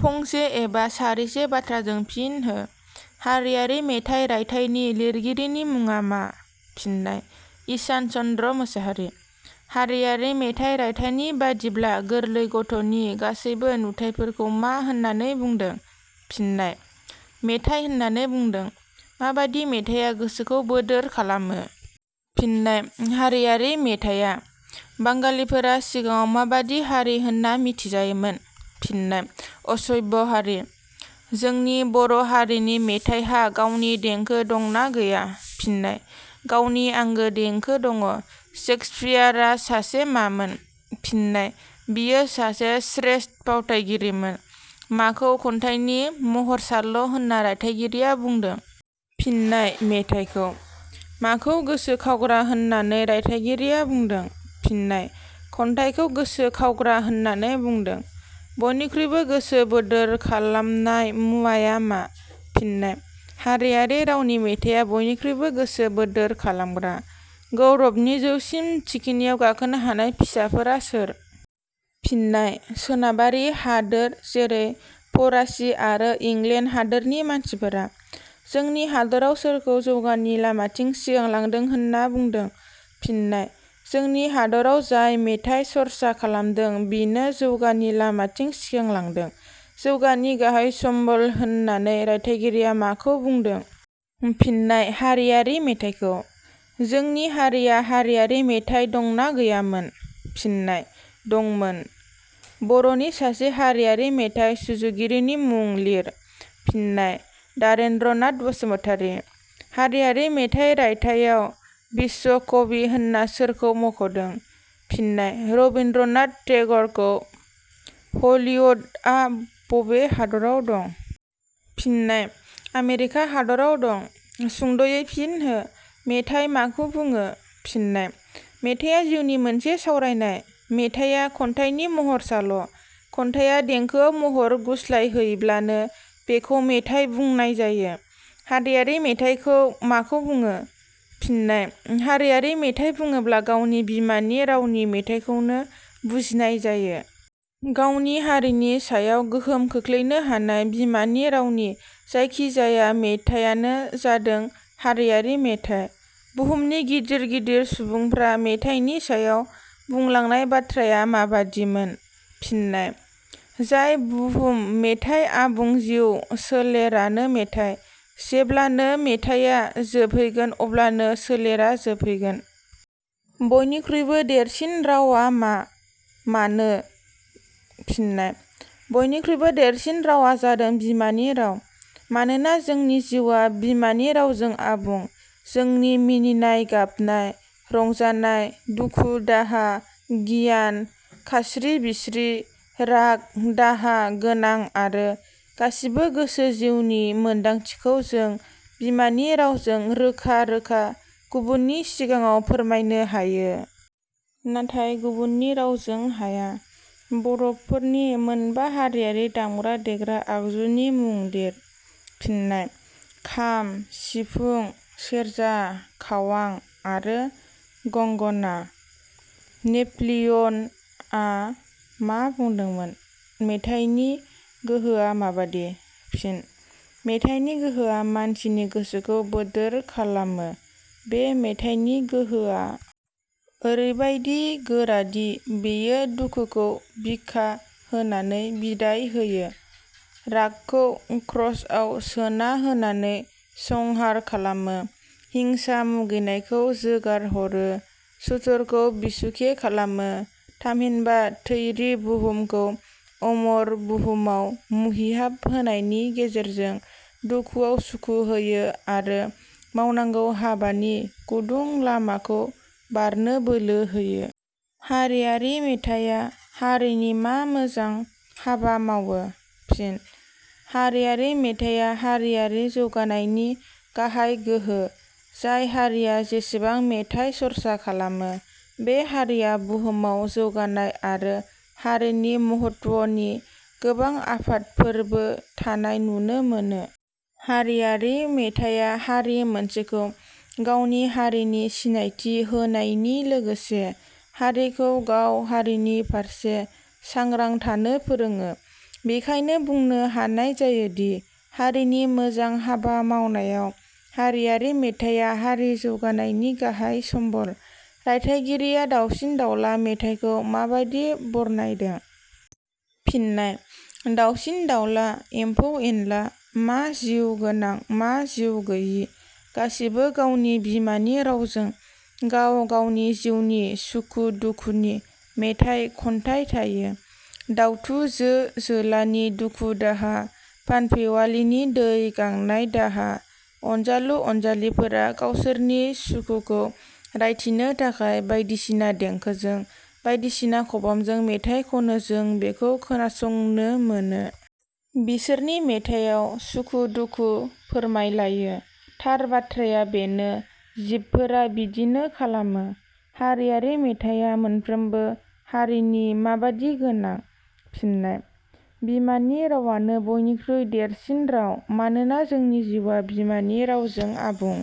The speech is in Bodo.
फंसे एबा सारिसे बाथ्राजों फिन हो। हारियारि मेथाइ रायथाइनि लिरगिरिनि मुङा मा? फिननाय: ईशान चन्द्र मोसाहारि। हारिआरि मेथाइ रायथाइनि बादिब्ला गोरलै गथ'नि गासैबो नुथायफोरखौ मा होननानै बुंदो? फिननाय: मेथाइ होननानै बुंदो। माबादि मेथाइया गोसोखौ बोदोर खालामो? फिननाय: हारियारि मेथाइया। बांगालिफोरा सिगाङाव माबादि हारि होनना मिथिजायोमोन? फिननाय: असभ्य हारि। जोंनि बर' हारिनि मेथाइहा गावनिनो देंखो दंना गैया। फिननाय: गावनि आंगो देंखो दङ। सेक्सपियारा सासे मामोन? फिननाय: बियो सासे श्रेष्ट फावथाइगिरिमोन। माखौ खन्थाइनि महरसाल' होननानै रायथायगिरिया बुंदों? फिननाय: मेथाइखौ। माखौ गोसो खावग्रा होननानै रायथायगिरिया बुंदों? फिननाय: खन्थाइखौ गोसो खावग्रा होननानै बुंदों। बयनिख्रुइबो गोसो बोदोर खालामनाय मुवाया मा? फिननाय: हारियारि रावनि मेथाइया बयनिख्रुइबो गोसो बोदोर खालामग्रा। गौरबनि जौसिन थिखिनियाव गाखोनो हानाय फिसाफोरा सोर? फिननाय: सोनाबारि हादोर जेरै -फरासि आरो इंलेण्ड हादरनि मानसिफोरा। जोंनि हादराव सोरखौ जौगानि लामाथिं सिगांलांदों होनना बुंदों? फिननाय: जोंनि हादराव जाय मेथाइ सर्सा खालामदों बिनो जौगानि लामाथिं सिगांलांदों। जौगानि गाहाइ सम्बल होननानै रायथायगिरिया माखौ बुंदों? फिननाय: हारियारि मेथाइखौ। जोंनि हारिया हारियारि मेथाइ दंना गैयामोन? फिननाय: दंमोन। बर'नि सासे हारियारि मेथाइ सुजुगिरिनि मुं लिर? फिननाय: दारेन्द्र नाथ बसुमतारि। हारियारि मेथाइ रायथाइयाव बिस्व कवि होनना सोरखौ मख'दों? फिननाय: रबिन्द्र नाथ टेगरखौ। हलिउडआ बबे हादराव दं? फिननाय: आमेरिका हादराव दं। सुंदयै फिन हो. मेथाइ माखौ बुङो? फिननाय: मेथाइया जिउनि मोनसे सावरायनाय। मेथाइया खन्थाइनि महरसाल'। खन्थाइया देंखोआव महर गुस्लायहैब्लानो बेखौ मेथाइ बुंनाय जायो। हारियारि मेथाइखौ माखौ बुङो? फिननाय: हारियारि मेथाइ बुङोब्ला गावनि बिमानि रावनि मेथाइखौनो बुजिनाय जायो। गावनि हारिनि सायाव गोहोम खोख्लैनो हानाय बिमानि रावनि जायखि जाया मेथाइयानो जादों हारियारि मेथाइ। बुहुमनि गिदिर गिदिर सुबुंफ्रा मेथाइनि सायाव बुंलांनाय बाथ्राया माबादिमोन? फिननाय: जाय बुहुम मेथाइ आबुं जिउ सोलेरानो मेथाइ। जेब्लानो मेथाइया जोबहैगोन अब्लानो सोलेरा जोबहैगोन। बयनिख्रुइबो देरसिन रावआ मा? मानो? फिननाय: बयनिख्रुइबो देरसिन रावआ जादों बिमानि राव। मानोना जोंनि जिउआ बिमानि रावजों आबुं। जोंनि मिनिनाय, गाबनाय, रंजानाय, दुखु-दाहा, गियान, खास्रि-बिस्रि, राग, दाहा गोनां आरो गासिबो गोसो जिउनि मोन्दांथिखौ जों बिमानि रावजों रोखा-रोखा गुबुननि सिगाङाव फोरमायनो हायो। नाथाय गुबुननि रावजों हाया। बर'फोरनि मोनबा हारियारि दामग्रा देग्रा आगजुनि मुं लिर? फिननाय: खाम, सिफुं, सेरजा, खावां आरो गंग'ना। नेपलिय 'नआ मा बुंदोंमोन? मेथाइनि गोहोआ माबादि? फिन: मेथाइनि गोहोआ मानसिनि गोसोखौ बोदोर खालामो। बे मेथाइनि गोहोआ ओरैबायदि गोरादि बेयो दुखुखौ भिखा होनानै बिदाय होयो, रागखौ क्रोसआव सोना होनानै संहार खालामो, हिंसा, मुगैनायखौ जोगारह'रो, सुथुरखौ बिसुखे खालामो थामहिनबा थैरि बुहुमखौ अमर बुहुमआव मुहिहाब होनायनि गेजेरजों दुखुआव सुखु होयो आरो मावनांगौ हाबानि गुदुं लामाखौ बारनो बोलो होयो। हारियारि मेथाइया हारिनि मा मोजां हाबा मावो? फिन: हारियारि मेथाइया हारियारि जौगानायनि गाहाय गोहो। जाय हारिया जेसेबां मेथाइ सर्सा खालामो बे हारिया बुहुमाव जौगानाय आरो हारिनि महत्वनि गोबां आफादफोरबो थानाय नुनो मोनो। हारियारि मेथाइया हारि मोनसेखौ गावनि हारिनि सिनायथि होनायनि लोगोसे हारिखौ गाव हारिनि फारसे सांग्रां थानो फोरोङो। बिखायनो बुंनो हानाय जायोदि हारिनि मोजां हाबा मावनायाव हारियारि मेथाइया हारि जौगानायनि गाहाय "सम्बल"। ' रायथाइगिरिया दावसिन-दावला मेथाइखौ माबादि बरनायदों? फिननाय:दाउसिन-दाउला, एमफौ-एनला, मा जिउ गोनां, मा जिउ गैयि गासिबो गावनि बिमानि रावजों गाव गावनि जिउनि सुखु दुखुनि मेथाइ खन्थाइ थायो। दाउथु, जो-जोलानि दुखु दाहा फानफिवालिनि दै गांनाय दाहा, अनजालु अनजालिफोरा गावसोरनि सुखुखौ रायथिनो थाखाय बायदिसिना देंखोजों, बायदिसिना खबामजों मेथाइ खनो जों बेखौ खोनासंनो मोनो। बिसोरनि मेथाइयाव सुखु दुखु फोरमाय लायो। थार बाथ्राया बेनो जिबफोरा बिदिनो खालामो। हारियारि मेथाइया मोनफ्रोमबो हारिनि माबादि गोनां? फिननाय: बिमानि रावानो बयनिख्रुइ देरसिन राव। मानोना जोंनि जिउआ बिमानि रावजों आबुं।